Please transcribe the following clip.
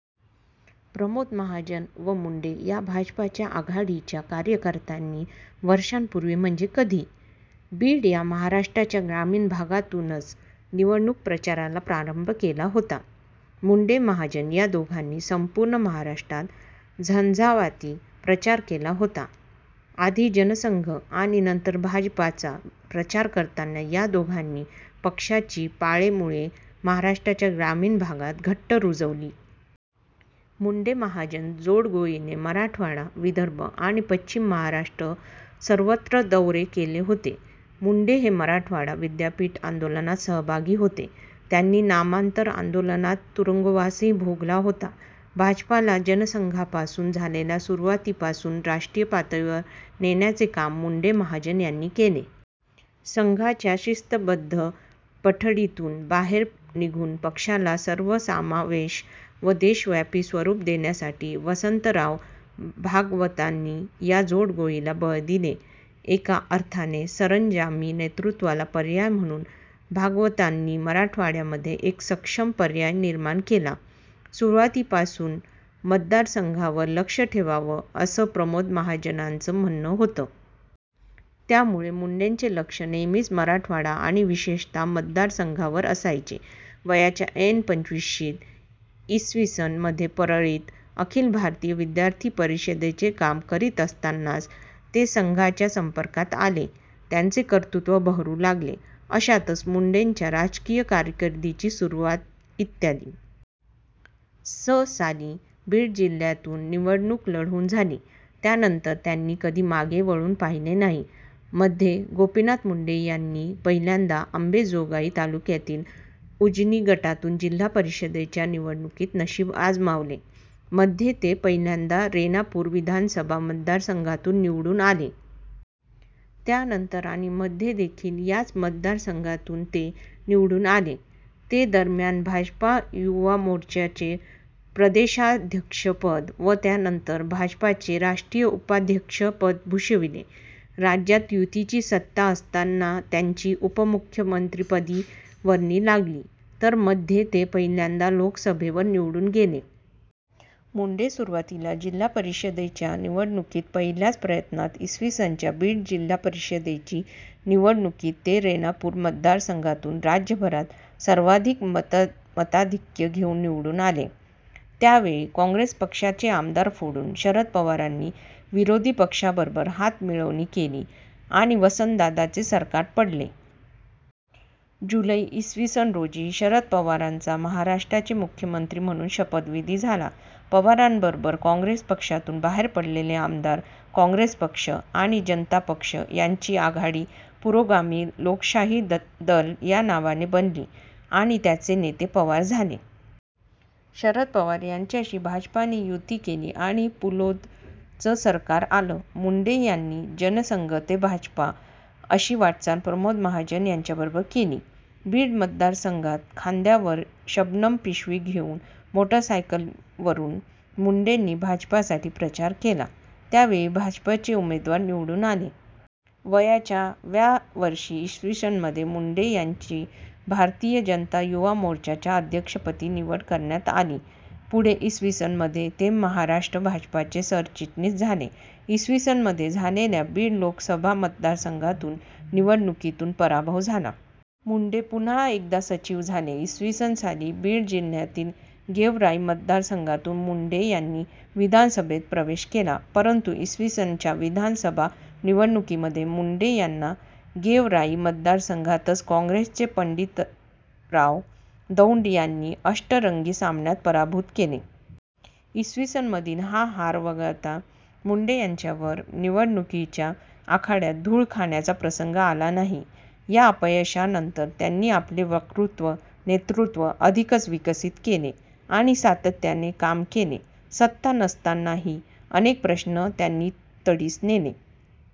प्रमोद महाजन व मुंडे या भाजपच्या आघाडीच्या कार्यकर्त्यांनी वर्षांपूर्वी म्हणजे कधी? बीड या महाराष्ट्राच्या ग्रामीण भागातूनच निवडणूक प्रचाराला प्रारंभ केला होता. मुंडे-महाजन या दोघांनी संपूर्ण महाराष्ट्रात झंझावाती प्रचार केला होता. आधी जनसंघ आणि नंतर भाजपचा प्रचार करताना या दोघांनी पक्षाची पाळेमुळे महाराष्ट्राच्या ग्रामीण भागात घट्ट रूजविली. मुंडे-महाजन जोडगोळीने मराठवाडा, विदर्भ आणि पश्चिम महाराष्ट्र सर्वत्र दौरे केले होते.। मुंडे हे मराठवाडा विद्यापीठ आंदोलनात सहभागी होते. त्यांनी नामांतर आंदोलनात तुरुंगवासही भोगला होता. भाजपला जनसंघापासून झालेल्या सुरुवातीपासून राष्ट्रीय पातळीवर नेण्याचे काम मुंडे-महाजन यांनी केले. संघाच्या शिस्तबद्ध पठडीतून बाहेर निघून पक्षाला सर्वसमावेशक आणि देशव्यापी स्वरूप देण्यासाठी वसन्तराव भागवतांनी या जोडगोळीला बळ दिले. एका अर्थाने सरंजामी नेतृत्वाला पर्याय म्हणून भागवतांनी मराठवाड्यामध्ये एक सक्षम पर्याय निर्माण केला. सुरुवातीपासून मतदारसंघावर लक्ष ठेवावं असं प्रमोद महाजनांचं म्हणणं होतं. त्यामुळे मुंडेचे लक्ष नेहमीच मराठवाडा आणि विशेषतः मतदारसंघावर असायचे. वयाच्या ऐन पंचविशीत इ. स. मध्ये परळीत अखिल भारतीय विद्यार्थी परिषदेचे काम करीत असतानाच ते संघाच्या सम्पर्कात आले. त्यांचे कर्तृत्त्व बहरू लागले. अशातच मुंडेच्या राजकीय कारकिर्दीची सुरुवात इ. स. साली बीड जिल्ह्यातून निवडणूक लढवून झाली. त्यानंतर त्यांनी कधी मागे वळून पाहिले नाही. मध्ये गोपीनाथ मुंडे यांनी पहिल्यांदा अम्बाजोगाई तालुक्यातील उजनी गटातून जिल्हा परिषदेच्या निवडणुकीत नशीब आजमावले. मध्ये ते पहिल्यांदा रेणापूर विधानसभा मतदारसंघातून निवडून आले. त्यानंतर आणि मध्येदेखील याच मतदारसंघातून ते निवडून आले. ते दरम्यान भाजपा युवा मोर्चाचे प्रदेशाध्यक्षपद, व त्यानंतर भाजपाचे राष्ट्रीय उपाध्यक्ष पद भूषविले. राज्यात युतीची सत्ता असताना त्यांची उपमुख्यमंत्रिपदी वर्णी लागली. तर मध्ये ते पहिल्यांदा लोकसभेवर निवडून गेले. मुंडे सुरुवातीला जिल्हा परिषदेच्या निवडणुकीत पहिल्याच प्रयत्नात इ. स. च्या बीड जिल्हापरिषदेची निवडणुकीत ते रेणापूर मतदारसंघातून राज्यभरात सर्वाधिक मताधिक्य घेऊन निवडून आले. त्यावेळी काँग्रेस पक्षाचे आमदार फोडून शरद पवारांनी विरोधी पक्षाबरोबर हातमिळवणी केली आणि वसन्तदादांचे सरकार पडले. जुलै इ. स. रोजी शरद पवारांचा महाराष्ट्राचे मुख्यमंत्री म्हणून शपथविधी झाला. पवारांबरोबर काँग्रेस पक्षातून बाहेर पडलेले आमदार, काँग्रेस पक्ष आणि जनता पक्ष यांची आघाडी पुरोगामी लोकशाही दल या नावाने बनली आणि त्याचे नेते पवार झाले. शरद पवार यांच्याशी भाजपने युती केली आणि 'पुलोद'चं सरकार आलं. मुंडे यांनी जनसंघ ते भाजप अशी वाटचाल प्रमोद महाजन यांच्याबरोबर केली. बीड मतदारसंघात खांद्यावर शबनम पिशवी घेउन मोटरसायकलवरून मुंडेंनी भाजपसाठी प्रचार केला. त्यावेळी भाजपचे उमेदवार निवडून आले. वयाच्या व्या वर्षी इ. स. मध्ये मुंडे यांची भारतीय जनता युवा मोर्च्याच्या अध्यक्षपदी निवड करण्यात आली. पुढे इ. स. मध्ये ते महाराष्ट्र भाजपचे सरचिटणीस झाले. इ. स. मध्ये झालेल्या बीड लोकसभा मतदारसंघातून निवडणुकीत पराभव झाला. मुंडे पुन्हा एकदा सचिव झाले. इ. स. साली बीड जिल्ह्यातील गेवराई मतदारसंघातून मुंडे यांनी विधानसभेत प्रवेश केला. परंतु इ. स. च्या विधानसभा निवडणुकीमध्ये मुंडे यांना गेवराई मतदारसंघातच काँग्रेसचे पण्डितराव दौण्ड यांनी अष्टरंगी सामन्यात पराभूत केले. इ. स. मधील ही हार वगळता मुंडे यांच्यावर निवडणुकीच्या आखाड्यात धूळ खाण्याचा प्रसंग आला नाही. या अपयशानंतर त्यानी आपले वक्तृत्व, नेतृत्व अधिकच विकसित केले आणि सातत्याने काम केले. सत्ता नसतानाही अनेक प्रश्न त्यांनी तडीस नेले.